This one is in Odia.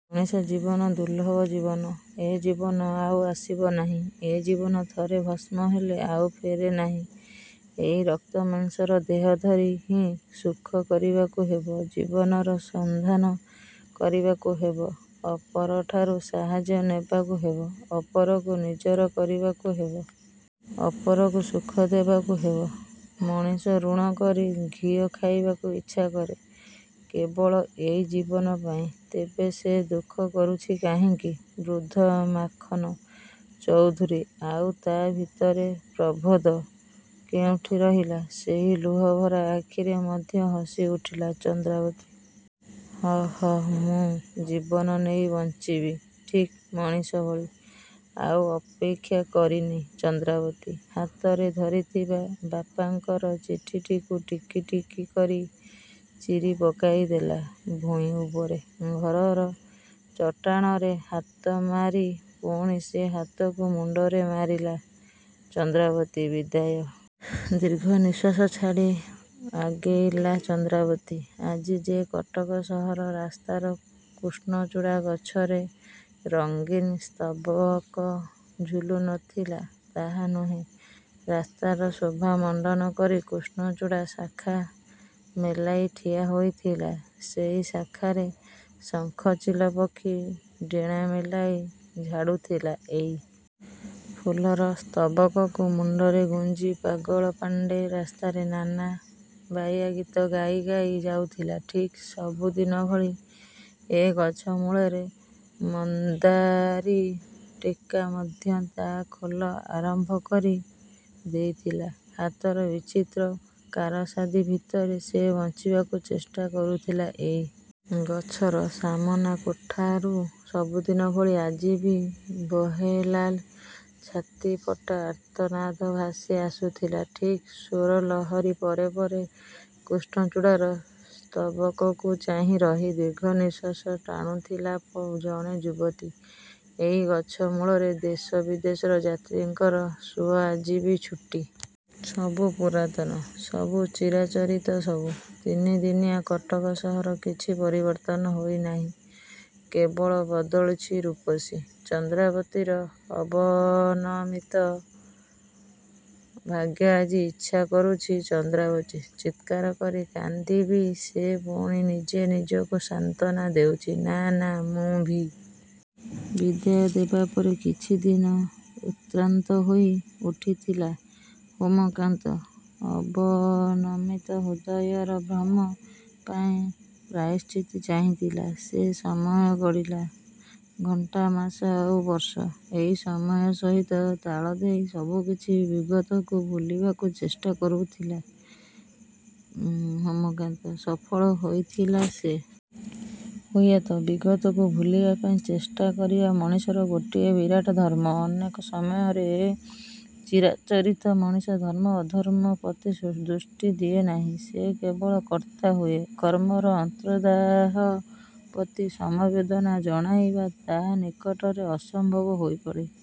ମଣିଷ ଜୀବନ ଦୁର୍ଲଭ ଜୀବନ। ଏ ଜୀବନ ଆଉ ଆସିବ ନାହିଁ। ଏ ଜୀବନ ଥରେ ଭସ୍ମ ହେଲେ ଆଉ ଫେରେନାହିଁ। ଏଇ ରକ୍ତମାଂସର ଦେହ ଧରି ହିଁ ସୁଖ କରିବାକୁ ହେବ। ଜୀବନର ସନ୍ଧାନ କରିବାକୁ ହେବ। ଅପରଠାରୁ ସାହାଯ୍ୟ ନେବାକୁ ହେବ। ଅପରକୁ ନିଜର କରିବାକୁ ହେବ। ଅପରକୁ ସୁଖ ଦେବାକୁ ହେବ। ମଣିଷ ଋଣ କରି ଘିଅ ଖାଇବାକୁ ଇଚ୍ଛା କରେ, କେବଳ ଏଇ ଜୀବନ ପାଇଁ। ତେବେ ସେ ଦୁଃଖ କରୁଛି କାହିଁକି? ବୃଦ୍ଧ ମାଖନ ଚୌଧୁରୀ ଆଉ ତା' ଭିତରେ ପ୍ରଭେଦ କେଉଁଠି ରହିଲା? ସେହି ଲୁହଭରା ଆଖିରେ ମଧ୍ୟ ହସିଉଠିଲା ଚନ୍ଦ୍ରାବତୀ। “ହଁ, ହଁ, ମୁଁ ଜୀବନ ନେଇ ବଞ୍ଚିବି, ଠିକ୍ ମଣିଷ ଭଳି।”ଆଉ ଅପେକ୍ଷା କରିନି ଚନ୍ଦ୍ରାବତୀ। ହାତରେ ଧରିଥିବା ବାପାଙ୍କର ଚିଠିଟିକୁ ଟିକି ଟିକି କରି ଚିରି ପକାଇଦେଲା ଭୂଇଁ ଉପରେ। ଘରର ଚଟାଣରେ ହାତ ମାରି ପୁଣି ସେ ହାତକୁ ମୁଣ୍ଡରେ ମାରିଲା ଚନ୍ଦ୍ରାବତୀ।“ବିଦାୟ, ଦୀର୍ଘ ନିଃଶ୍ୱାସ ଛାଡ଼ି ଆଗେଇଲା ଚନ୍ଦ୍ରାବତୀ। ଆଜି ଯେ କଟକ ସହର ରାସ୍ତାର କୃଷ୍ଣଚୂଡ଼ା ଗଛରେ ରଙ୍ଗୀନ ସ୍ତବକ ଝୁଲୁ ନ ଥିଲା, ତା' ନୁହେଁ। ରାସ୍ତାର ଶୋଭା ମଣ୍ଡନ କରି କୃଷ୍ଣଚୂଡ଼ା ଶାଖା ମେଲାଇ ଠିଆ ହୋଇଥିଲା। ସେଇ ଶାଖାରେ ଶଙ୍ଖଚିଲ ପକ୍ଷୀ ଡେଣା ମେଲାଇ ଝାଡ଼ୁଥିଲା। ଏଇ ଫୁଲର ସ୍ତବକକୁ ମୁଣ୍ଡରେ ଗୁଞ୍ଜି ପାଗଳ ପାଣ୍ଡେ ରାସ୍ତାରେ ନାନା ବାଇଆ ଗୀତ ଗାଇ ଗାଇ ଯାଉଥିଲା। ଠିକ୍ ସବୁଦିନ ଭଳି ଏ ଗଛ ମୂଳରେ ମଦାରୀ ଟୋକା ମଧ୍ୟ ତା' ଖେଳ ଆରମ୍ଭ କରି ଦେଇଥିଲା। ହାତର ବିଚିତ୍ର କାରସାଦୀ ଭିତରେ ସେ ବଞ୍ଚିବାକୁ ଚେଷ୍ଟା କରୁଥିଲା। ଏଇ ଗଛର ସାମନା କୋଠାରୁ ସବୁଦିନ ଭଳି ଆଜି ବି ବେହେଲାର ଛାତିଫଟା ଆର୍ତ୍ତନାଦ ଭାସି ଆସୁଥିଲା। ଠିକ୍ ସ୍ୱରଲହରୀ ପରେ ପରେ କୃଷ୍ଣଚୂଡ଼ାର ସ୍ତବକକୁ ଚାହିଁ ରହି ଦୀର୍ଘ ନିଃଶ୍ୱାସ ଟାଣୁଥିଲା ଜଣେ ଯୁବତୀ। ଏଇ ଗଛ ମୂଳରେ ଦେଶ ବିଦେଶର ଯାତ୍ରୀଙ୍କର ସୁଅ ଆଜି ବି ଛୁଟିଥିଲା। ସବୁ ପୁରାତନ, ସବୁ ଚିରାଚରିତ, ସବୁ ନିତିଦିନିଆ। କଟକ ସହର କିଛି ପରିବର୍ତ୍ତନ ହୋଇନାହିଁ। କେବଳ ବଦଳିଛି ରୂପସୀ ଚନ୍ଦ୍ରାବତୀର ଅବନମିତ ଭାଗ୍ୟ। ଆଜି ଇଚ୍ଛା କରୁଛି ଚନ୍ଦ୍ରାବତୀ, “ଚିତ୍କାର କରି କାନ୍ଦିବି ସେ।” ପୁଣି ନିଜେ ନିଜକୁ ସାନ୍ତ୍ୱନା ଦେଉଛି, “ନାଁ, ନାଁ, ମୁଁ ଭୀରୁ ନୁହେଁ। ବିଦାୟ ଦେବା ପରେ କିଛିଦିନ ଉଦ୍ଭ୍ରାନ୍ତ ହୋଇ ଉଠିଥିଲା ହେମକାନ୍ତ। ଅବନମିତ ହୃଦୟର ଭ୍ରମ ପାଇଁ ପ୍ରାୟଶ୍ଚିତ୍ତ ଚାହିଁଥିଲା ସେ। ସମୟ ଗଡ଼ିଲା। ଘଣ୍ଟା, ମାସ ଆଉ ବର୍ଷ। ଏଇ ସମୟ ସହିତ ତାଳ ଦେଇ ସବୁକିଛି ବିଗତକୁ ଭୁଲିବାକୁ ଚେଷ୍ଟା କରିଥିଲା ହେମକାନ୍ତ। ସଫଳ ହୋଇଥିଲା ସେ। ହୁଏତ ବିଗତକୁ ଭୁଲିବା ପାଇଁ ଚେଷ୍ଟା କରିବା ମଣିଷର ଗୋଟିଏ ବିରାଟ ଧର୍ମ। ଅନେକ ସମୟରେ ଏ ଚିରାଚରିତ ମଣିଷ ଧର୍ମ ଓ ଅଧର୍ମ ପ୍ରତି ଦୃଷ୍ଟି ଦିଏନାହିଁ। ସେ କେବଳ କର୍ତ୍ତା ହୁଏ। କର୍ମର ଅନ୍ତର୍ଦାହ ପ୍ରତି ସମବେଦନା ଜଣାଇବା ତା' ନିକଟରେ ଅସମ୍ଭବ ହୋଇପଡ଼େ।